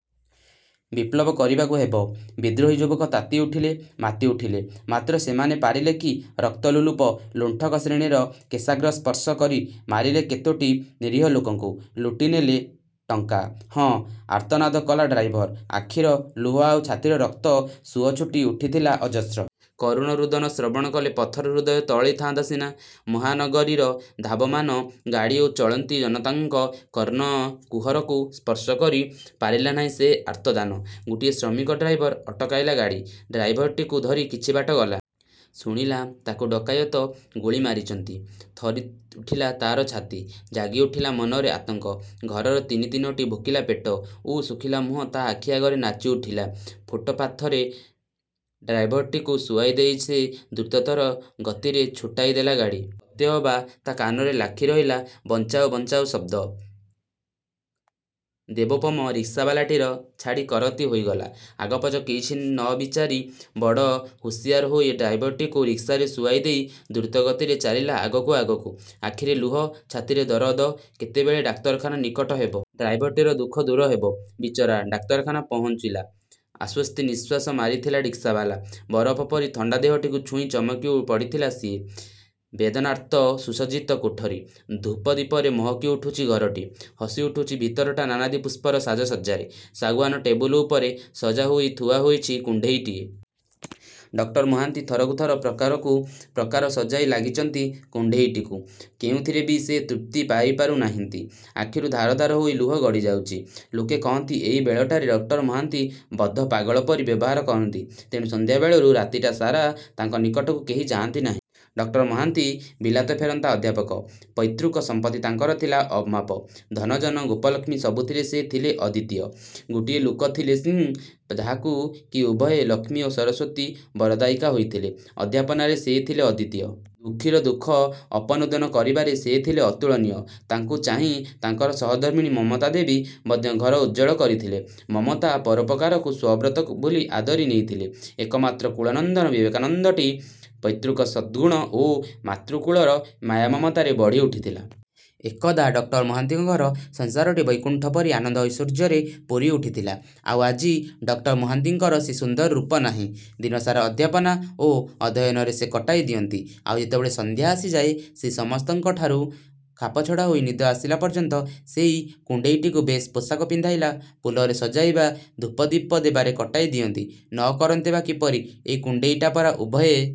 ବିପ୍ଳବ କରିବାକୁ ହେବ। ବିଦ୍ରୋହୀ ଯୁବକ ତାତି ଉଠିଲେ, ମାତି ଉଠିଲେ। ମାତ୍ର ସେମାନେ ପାରିଲେ କି ରକ୍ତ ଲୋଲୁପ, ଲୁଣ୍ଠକ ଶ୍ରେଣୀର କେଶାଗ୍ର ସ୍ପର୍ଶ କରି? ମାରିଲେ କେତୋଟି ନିରୀହ ଲୋକଙ୍କୁ, ଲୁଟିନେଲେ ଟଙ୍କା। ହଁ, ଆର୍ତ୍ତନାଦ କଲା ଡ୍ରାଇଭର। ଆଖିର ଲୁହ ଆଉ ଛାତିର ରକ୍ତ ସୁଅ ଛୁଟି ଉଠିଥିଲା ଅଜସ୍ର। କରୁଣ ରୋଦନ ଶ୍ରବଣ କଲେ ପଥର ହୃଦୟ ତରଳି ଥାଆନ୍ତା ସିନା; ମହାନଗରୀର ଧାବମାନ ଗାଡ଼ି ଓ ଚଳନ୍ତି ଜନତାଙ୍କ କର୍ଣ୍ଣ କୁହରକୁ ସ୍ପର୍ଶ କରି ପାରିଲା ନାହିଁ ସେ ଆର୍ତ୍ତଦାନ। ଗୋଟିଏ ଶ୍ରମିକ ଡ୍ରାଇଭର ଅଟକାଇଲା ଗାଡ଼ି। ଡ୍ରାଇଭରଟିକୁ ଧରି କିଛି ବାଟ ଗଲା। ଶୁଣିଲା ତାକୁ ଡକାୟତ ଗୁଳି ମାରିଚନ୍ତି। ଥରି ଉଠିଲା ତାର ଛାତି। ଜାଗି ଉଠିଲା ମନରେ ଆତଙ୍କ, ଘରର ତିନି ତିନୋଟି ଭୋକିଲା ପେଟ ଓ ଶୁଖିଲା ମୁହଁ ତା ଆଖି ଆଗରେ ନାଚିଉଠିଲା। ଫୁଟପାଥରେ ଡ୍ରାଇଭରଟିକୁ ଶୁଆଇ ଦେଇ ସେ ଦ୍ରୁତତର ଗତିରେ ଛୁଟାଇ ଦେଲା ଗାଡ଼ି। ସତେ ଅବା ତା କାନରେ ଲାଖି ରହିଲା 'ବଞ୍ଚାଓ' 'ବଞ୍ଚାଓ' ଶବ୍ଦ।। ଦେବୋପମ ରିକ୍ସାବାଲାଟିର ଛାତି କରତି ହୋଇଗଲା। ଆଗପଛ କିଛି ନ ବିଚାରି ବଡ଼ ହୁସିଆର ହୋଇ ଡ୍ରାଇଭରଟିକୁ ରିକ୍ସାରେ ଶୁଆଇ ଦେଇ ଦ୍ରୁତ ଗତିରେ ଚାଲିଲା ଆଗକୁ ଆଗକୁ। ଆଖିରେ ଲୁହ, ଛାତିରେ ଦରଦ, କେତେବେଳେ ଡାକ୍ତରଖାନା ନିକଟ ହେବ। ଡ୍ରାଇଭରଟିର ଦୁଃଖ ଦୂର ହେବ, ବିଚରା। ଡାକ୍ତରଖାନା ପହୁଞ୍ଚିଲା। ଆଶ୍ୱସ୍ତି ନିଶ୍ୱାସ ମାରିଥିଲା ରିକ୍ସାବାଲା, ବରଫ ପରି ଥଣ୍ତା ଦେହଟିକୁ ଛୁଇଁ ଚମକି ପଡ଼ିଥିଲା ସିଏ। ବେଦନାର୍ତ୍ତ ସୁସଜ୍ଜିତ କୋଠରୀ। ଧୂପ ଦୀପରେ ମହକିଉଠୁଚି ଘରଟି। ହସି ଉଠୁଚି ଭିତରଟା ନାନାଦି ପୁଷ୍ପର ସାଜସଜ୍ଜାରେ। ଶାଗୁଆନ ଟେବୁଲ ଉପରେ ସଜା ହୋଇ ଥୁଆ ହୋଇଚି କୁଣ୍ତେଇଟିଏ। ଡକ୍ଟର ମହାନ୍ତି ଥରକୁ ଥର ପ୍ରକାରକୁ ପ୍ରକାର ସଜାଇ ଲାଗିଚନ୍ତି କୁଣ୍ତେଇଟିକୁ, କେଉଁଥିରେ ବି ସେ ତୃପ୍ତି ପାଇପାରୁ ନାହାନ୍ତି। ଆଖିରୁ ଧାର ଧାର ହୋଇ ଲୁହ ଗଡ଼ିଯାଉଚି। ଲୋକେ କହନ୍ତି, ଏଇ ବେଳଟାରେ ଡକ୍ଟର ମହାନ୍ତି ବଦ୍ଧ ପାଗଳ ପରି ବ୍ୟବହାର କରନ୍ତି। ତେଣୁ ସନ୍ଧ୍ୟାବେଳରୁ ରାତିଟା ସାରା ତାଙ୍କ ନିକଟକୁ କେହି ଯାଆନ୍ତି ନାହିଁ। ଡକ୍ଟର ମହାନ୍ତି ବିଲାତ ଫେରନ୍ତା ଅଧ୍ୟାପକ। ପୈତୃକ ସମ୍ପତ୍ତି ତାଙ୍କର ଥିଲା ଅମାପ। ଧନ ଜନ, ଗୋପଲକ୍ଷ୍ମୀ ସବୁଥିରେ ସେ ଥିଲେ ଅଦ୍ୱିତୀୟ। ଗୋଟିଏ ଲୋକ ଥିଲେ ସିଂ, ଯାହାକୁ କି ଉଭୟେ ଲକ୍ଷ୍ମୀ ଓ ସରସ୍ୱତୀ ବରଦାୟିକା ହୋଇଥିଲେ। ଅଧ୍ୟାପନାରେ ସେ ଥିଲେ ଅଦ୍ୱିତୀୟ। ଦୁଃଖୀର ଦୁଃଖ ଅପନୋଦନ କରିବାରେ ସେ ଥିଲେ ଅତୁଳନୀୟ। ତାଙ୍କୁ ଚାହିଁ ତାଙ୍କର ସହଧର୍ମିଣୀ ମମତାଦେବୀ ମଧ୍ୟ ଘର ଉଜ୍ଜ୍ୱଳ କରିଥିଲେ। ମମତା ପରୋପକାରକୁ ସ୍ୱ ବ୍ରତ ବୋଲି ଆଦରି ନେଇଥିଲେ। ଏକମାତ୍ର କୁଳନନ୍ଦନ ବିବେକାନନ୍ଦଟି ପୈତୃକ ସଦ୍ଗୁଣ ଓ ମାତୃକୁଳର ମାୟା ମମତାରେ ବଢ଼ିଉଠିଥିଲା। ଏକଦା ଡକ୍ଟର ମହାନ୍ତିଙ୍କ ଘର ସଂସାରଟି ବୈକୁଣ୍ଠ ପରି ଆନନ୍ଦ ଐଶ୍ୱର୍ଯ୍ୟରେ ପୂରି ଉଠିଥିଲା। ଆଉ ଆଜି! ଡକ୍ଟର ମହାନ୍ତିଙ୍କର ସେ ସୁନ୍ଦର ରୂପ ନାହିଁ। ଦିନ ସାରା ଅଧ୍ୟାପନା ଓ ଅଧ୍ୟୟନରେ ସେ କଟାଇ ଦିଅନ୍ତି, ଆଉ ଯେତେବେଳେ ସଂଧ୍ୟା ଆସିଯାଏ, ସେ ସମସ୍ତଙ୍କଠାରୁ ଖାପଛଡ଼ା ହୋଇ ନିଦ ଆସିଲା ପର୍ଯ୍ୟନ୍ତ ସେଇ କୁଣ୍ତେଇଟିକୁ ବେଶ ପୋଷାକ ପିନ୍ଧାଇବା, ପୁଲରେ ସଜାଇବା, ଧୂପ ଦୀପ ଦେବାରେ କଟାଇ ଦିଅନ୍ତି। ନ କରନ୍ତେ ବା କିପରି? ଏହି କୁଣ୍ତେଇଟା ପରା ଉଭୟେ